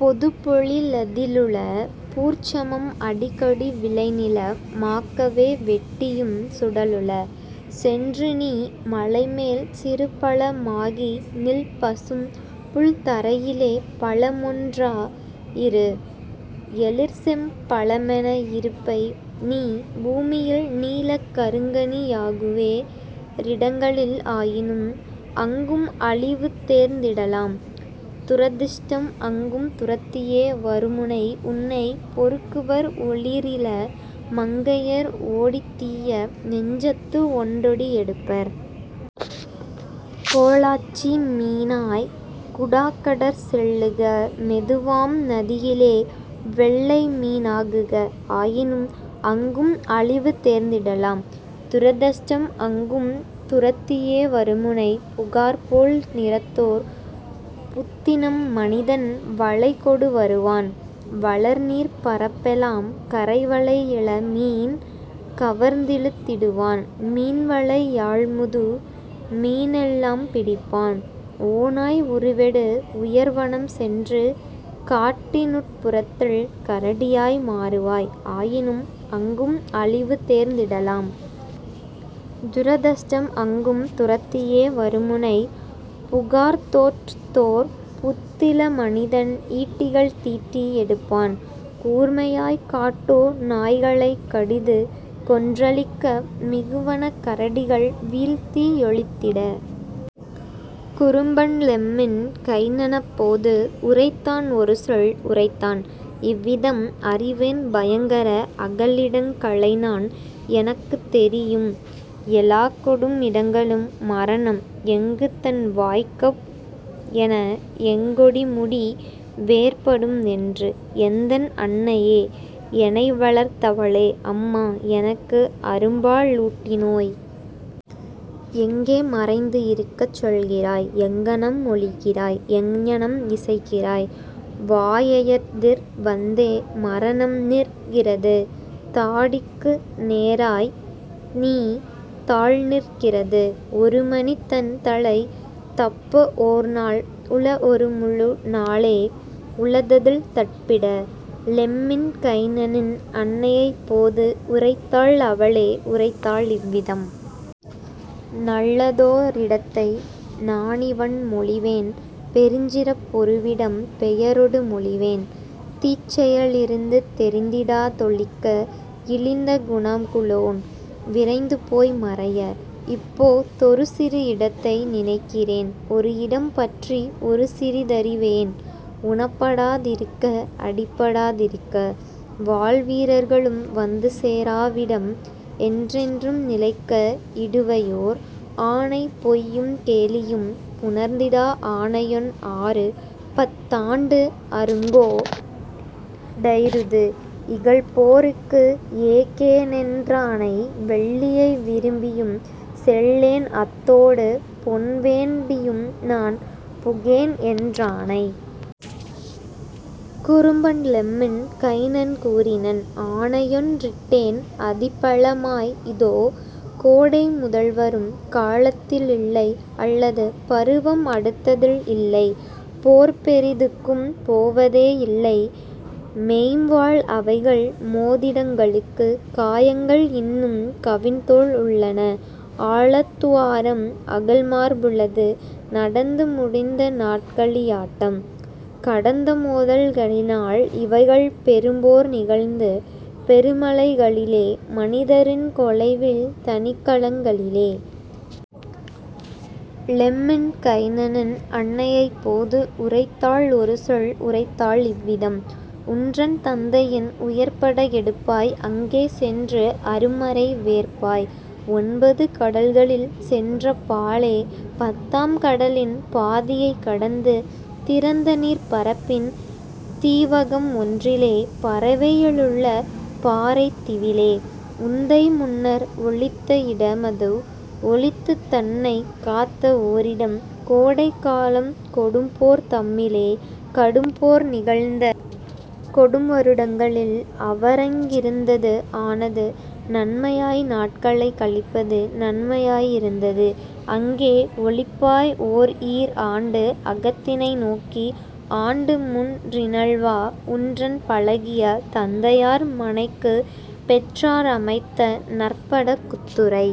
பொதுப்பொழி லதிலுள பூர்ச்சமும் அடிக்கடி விளைநில மாக்கவே வெட்டியும் சுடலுள. சென்றுநீ மலைமேல் சிறுபழ மாகிநில் பசும்புல் தரையிலே பழமொன் றாயிரு எழிற்செம் பழமென இருப்பைநீ பூமியில் நீலக் கருங்கனி யாகுவே றிடங்களில் ஆயினும் அங்கும் அழிவுநேர்ந் திடலாம் துரதிர்ஷ்டம் அங்கும் துரத்தியே வருமுனை உன்னைப் பொறுக்குவர் ஒளிரிள மங்கையர் ஒடித்தீய நெஞ்சத்து ஒண்டொடி எடுப்பர். கோலாச்சி மீனாய் குடாக்கடற் செல்லுக மெதுவாம் நதியிலே வெள்ளைமீ னாகுக ஆயினும் அங்கும் அழிவுநேர்ந் திடலாம் துரதிர்ஷ்டம் அங்கும் துரத்தியே வருமுனை புகார்போல் நிறத்தோர் புத்திளம் மனிதன் வலைகொடு வருவான் வளர்நீர்ப் பரப்பெலாம் கரைவலை யிளமீன் கவர்ந்திழுத் திடுவான் மீன்வலை யால்முது மீனெலாம் பிடிப்பான். ஓநாய் உருவெடு உயர்வனம் சென்று காட்டினுட் புறத்தில் கரடியாய் மாறுவாய் ஆயினும் அங்கும் அழிவுநேர்ந் திடலாம் துரதிர்ஷ்டம் அங்கும் துரத்தியே வருமுனை புகார்த்தோற் றத்தோர் புத்திள மனிதன் ஈட்டிகள் தீட்டி எடுப்பான் கூர்மையாய் காட்டோ நாய்களைக் கடிதுகொன் றழிக்க மிகுவனக் கரடிகள் வீழ்த்தி யொழித்திட. " குறும்பன் லெம்மின் கைனனப் போது உரைத்தான் ஒருசொல் உரைத்தான் இவ்விதம்: "அறிவேன் பயங்கர அகலிடங் களைநான் எனக்குத் தெரியும் எலாக்கொடும் இடங்களும் மரணம் எங்குதன் வாய்க்கவ் வும்என எங்கெ கொடுமுடி வேற்படும் என்று; எந்தன் அன்னையே, எனைவளர்த் தவளே! அம்மா, எனக்கு அரும்பா லூட்டினோய்! எங்கே மறைந்து இருக்கச் சொல்கிறாய் எங்ஙனம் மொழிகிறாய், எங்ஙனம் இசைக்கிறாய்? வாயெதிர் வந்தே மரணம்நிற் கிறது தாடிக்கு நேராய்த் தீநாள்நிற் கிறது ஒருமனி தன்தலை தப்பஓர் நாள்உள ஒருமுழு நாளே உளததில் தப்பிட. " லெம்மின் கைனனின் அன்னையப் போது உரைத்தாள் அவளே உரைத்தாள் இவ்விதம்: "நல்லதோ ரிடத்தை நானிவண் மொழிவேன் பெருஞ்சிறப் பொருவிடம் பெயரொடு மொழிவேன் தீச்செய லிருந்து தெரிந்திடா தொளிக்க இழிந்த குணமுளோன் விரைந்துபோய் மறைய: இப்போ தொருசிறு இடத்தை நினைக்கிறேன் ஒருஇடம் பற்றி ஒருசிறி தறிவேன் உணப்படா திருக்க, அடிபடா திருக்க வாள்வீ ரர்களும் வந்துசே ராவிடம், என்றென்றும் நிலைக்க இடுவையோர் ஆணை பொய்யும் கேலியும் புணர்ந்திடா ஆணையொன் ஆறு, பத் தாண்டு அருங்கோ டைருது இகல்போ ருக்குஏ கேனென் றாணை வெள்ளியை விரும்பியும் செல்லேன் அத்தோடு பொன்வேண் டியும்நான் புகேன்என் றாணை. " குறும்பன் லெம்மின் கைனன் கூறினன்: "ஆணையொன் றிட்டேன் அதிபல மாய்இதோ! கோடை முதல்வரும் காலத்தி லில்லை அல்லது பருவம் அடுத்ததில் இல்லை போர்பெரி துக்கும் போவதே யில்லை மொய்ம்வாள் அவைகள் மோதிடங் களுக்கு; காயங்கள் இன்னும் கவின்தோள் உள்ளன ஆழத் துவாரம் அகல்மார் புளது நடந்து முடிந்த நாட்களி யாட்டம் கடந்த மோதல் களினால் இவைகள் பெரும்போர் நிகழ்ந்த பெருமலை களிலே மனிதரின் கொலைவீழ் தனிக்களங் களிலே. " லெம்மின் கைனனின் அன்னையப் போது உரைத்தாள் ஒருசொல் உரைத்தாள் இவ்விதம்: "உன்றன் தந்தையின் உயர்பட கெடுப்பாய் அங்கே சென்று அரும்மறை வேற்பாய் ஒன்பது கடல்களில் சென்றப் பாலே பத்தாம் கடலின் பாதியைக் கடந்து திறந்தநீர்ப் பரப்பின் தீவகம் ஒன்றிலே பரவையி லுள்ள பாறைத் தீவிலே உந்தை முன்னர் ஒளித்த இடமது ஒளித்துத் தன்னைக் காத்த ஓரிடம் கோடைக் காலக் கொடும்போர் தம்மிலே கடும்போர் நிகழ்ந்த கொடும்வரு டங்களில் அவரங் கிருந்தது ஆனது நன்மையாய் நாட்களைக் கழிப்பது நன்மையாய் யிருந்தது; அங்கே ஒளிப்பாய் ஓர்ஈர் ஆண்டு அகத்தினை நோக்கி ஆண்டுமூன் றினில்வா உன்றன் பழகிய தந்தையார் மனைக்கு பெற்றார் அமைத்த நற்பட குத்துறை.